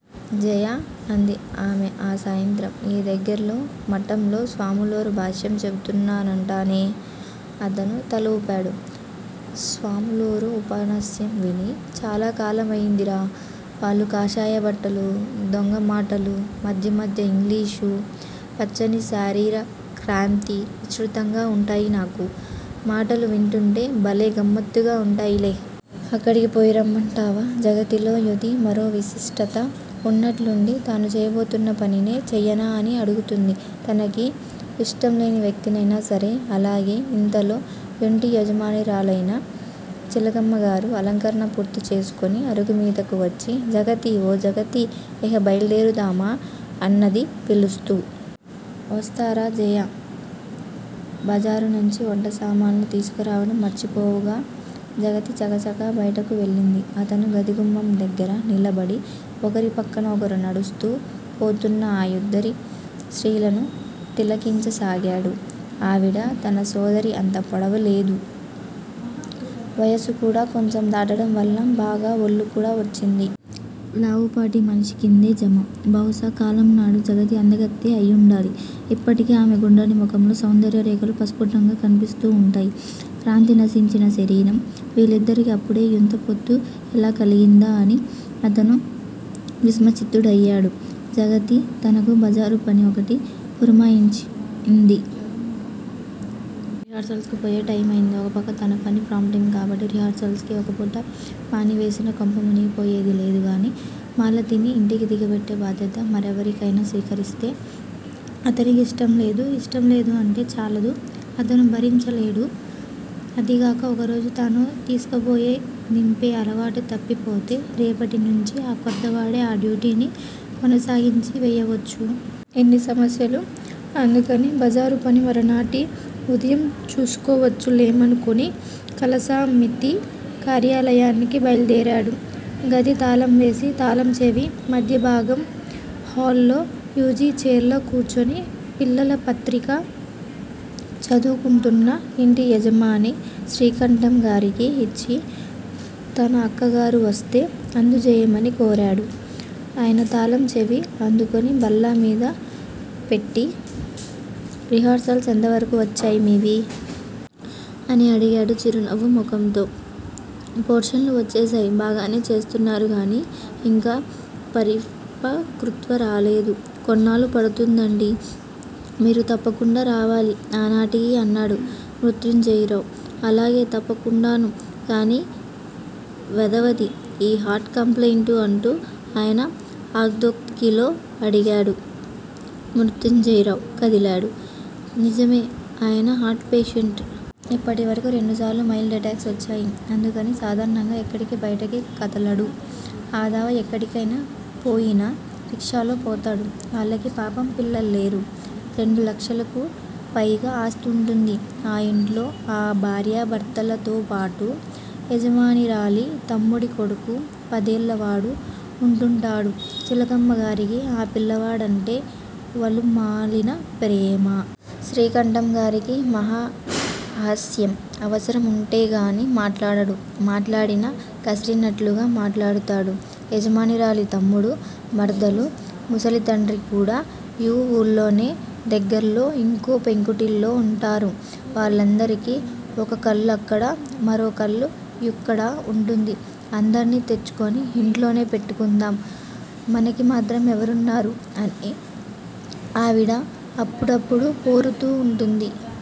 జయా! అంది ఆమె ఆ సాయంత్రం. ఈ దగ్గరలో మఠంలో స్వాములారు భాష్యం చెబుతున్నారటనే. అతను తల వూపాడు. స్వాములారి ఉపన్యాసం విని చాలాకాలమయిందిరా. వాళ్ళ కాషాయ బట్టలూ, దొంగమాటలూ, మధ్యమధ్య యింగ్లీషూ, పచ్చని శరీరకాంతీ విచిత్రంగా వుంటాయి నాకు. మాటలు వింటూంటే భలే గమ్మత్తుగా వుంటాయిలే. అక్కడికి పోయిరమ్మంటావా? జగతిలో యిది మరో విశిష్టత. ఉన్నట్లుండి తను చేయబోతున్న పనినే చేయనా అని అడుగుతుంది. తనకి యిష్టంలేని వ్యక్తినైనాసరే. అలాగే ఇంతలో యింటి యజమానురాలయిన చిలకమ్మగారు అలంకరణ పూర్తి చేసుకుని అరుగుమీదికి వచ్చి జగతీ! ఓ జగతీ! ఇహ బయల్దేరుదామా? అన్నది పిలుస్తూ. వస్తారా జయా! బజారునుంచి వంటసామాను తీసుకురావటం మరిచిపోవుగా? జగతి చకచకా బయటకు వెళ్ళింది. అతను గదిగుమ్మం దగ్గర నిలబడి ఒకరి ప్రక్కన ఒకరు నడుస్తూ పోతున్న ఆ యిద్దరు స్త్రీలనూ తిలకించసాగాడు. ఆవిడ తన సోదరి అంత పొడవులేదు. వయసుకూడా కొంచెం దాటటంవల్ల బాగా వళ్లుకూడా వచ్చింది. లావుపాటి మనిషిక్రిందే జమ. బహుశా కాలంనాడు జగతి అందగత్తె అయివుండాలి. ఇప్పటికి ఆమె గుండ్రని ముఖంలో సౌందర్యరేఖలు ప్రస్ఫుటంగా కనిపిస్తూ వుంటాయి. కాంతి నశించని శరీరం. వీళ్ళిద్దరికీ అప్పుడే యింత పొత్తు ఎలా కలిగిందా అని అతను విస్మయచిత్తుడయాడు. జగతి తనకి బజారుపని ఒకటి పురమాయించింది. రిహార్సల్సుకి పోయే టైము అయింది ఒకప్రక్క. తనపని ప్రాంప్టింగ్ కాబట్టి రిహార్సల్సుకి ఒకపూట మానివేసినా కొంప మునిగిపోయేది లేదుగాని, మాలతిని యింటికి దిగబెట్టే బాధ్యత మరెవరైనా స్వీకరిస్తే? అతనికి యిష్టంలేదు. ఇష్టంలేదు అంటే చాలదు. అతను భరించలేడు. అదిగాక ఒకరోజు తను తీసుకుపోయి దింపే అలవాటు తప్పిపోతే, రేపటినుంచీ ఆ కొత్తవాడే ఈ డ్యూటీని కొనసాగించివేయవచ్చు. ఎన్ని సమస్యలూ. అందుకని బజారుపని మరునాటి ఉదయం చూసుకోవచ్చు లెమ్మనుకుని కళాసమితి కార్యాలయానికి బయలుదేరాడు. గది తాళంవేసి, తాళంచెవి మధ్యభాగం హాల్లో యీజీచైర్ లో కూర్చుని పిల్లల పత్రిక చదువుకుంటూన్న యింటియజమాని శ్రీకంఠంగారికి యిచ్చి తన అక్కగారు వొస్తే అందజెయ్యమని కోరాడు. ఆయన తాళంచెవి అందుకుని బల్లమీదపెట్టి రిహార్సల్స్ ఎంతవరకూ వచ్చాయి మీవి? అని అడిగాడు చిరునవ్వు ముఖంతో. పోర్షన్లు వచ్చేశాయి. బాగానే చేస్తున్నారుగానీ యింకా పరిపక్వత రాలేదు. కొన్నాళ్ళు పడుతుందండీ. మీరు తప్పకుండా రావాలి ఆనాటికి అన్నాడు మృత్యుంజయరావు. అలాగే తప్పకుండానూ, కాని వెధవది ఈ హార్టుకంప్లెయింటు అంటూ ఆయన ఆర్దోక్తిలో ఆగాడు. మృత్యుంజయరావు కదిలాడు. నిజమే, ఆయన హార్టు పేషెంటు. ఇప్పటివరకూ రెండుసార్లు మైల్డ్ ఎటాక్స్ వచ్చాయి. అందుకని సాధారణంగా ఎక్కడికీ బయటికి కదలడు. అధవా ఎక్కడికైనా పోయినా రిక్షాలో పోతాడు. వాళ్ళకి పాపం పిల్లలులేరు. రెండులక్షలకు పైగా ఆస్తివుంటుంది. ఆ యింట్లో ఆ భార్యాభర్తలతోపాటు యజమానురాలి తమ్ముడి కొడుకు పదేళ్ళవాడు వుంటూంటాడు. చిలకమ్మగారికి ఆ పిల్లవాడంటే వల్లమాలిన ప్రేమ. శ్రీకంఠంగారికి మహా సహ్యం. అవసరం వుంటేనేగాని మాట్లాడడు. మాట్లాడినా కసిరినట్లుగా మాట్లాడతాడు. యజమానురాలి తమ్ముడూ, మరదలూ, ముసలితండ్రికూడా యీ ఊళ్ళోనే దగ్గర్లో యింకో పెంకుటింల్లో వుంటారు. వాళ్ళందరికీ ఒకకళ్ళు అక్కడా, మరోకళ్ళు యిక్కడా వుంటుంది. అందర్నీ తెచ్చుకుని యింట్లోనే పెట్టుకుందాం, మనకిమాత్రం ఎవరున్నారు? అని ఆవిడ అప్పుడప్పుడూ పోరుతూ వుంటుంది.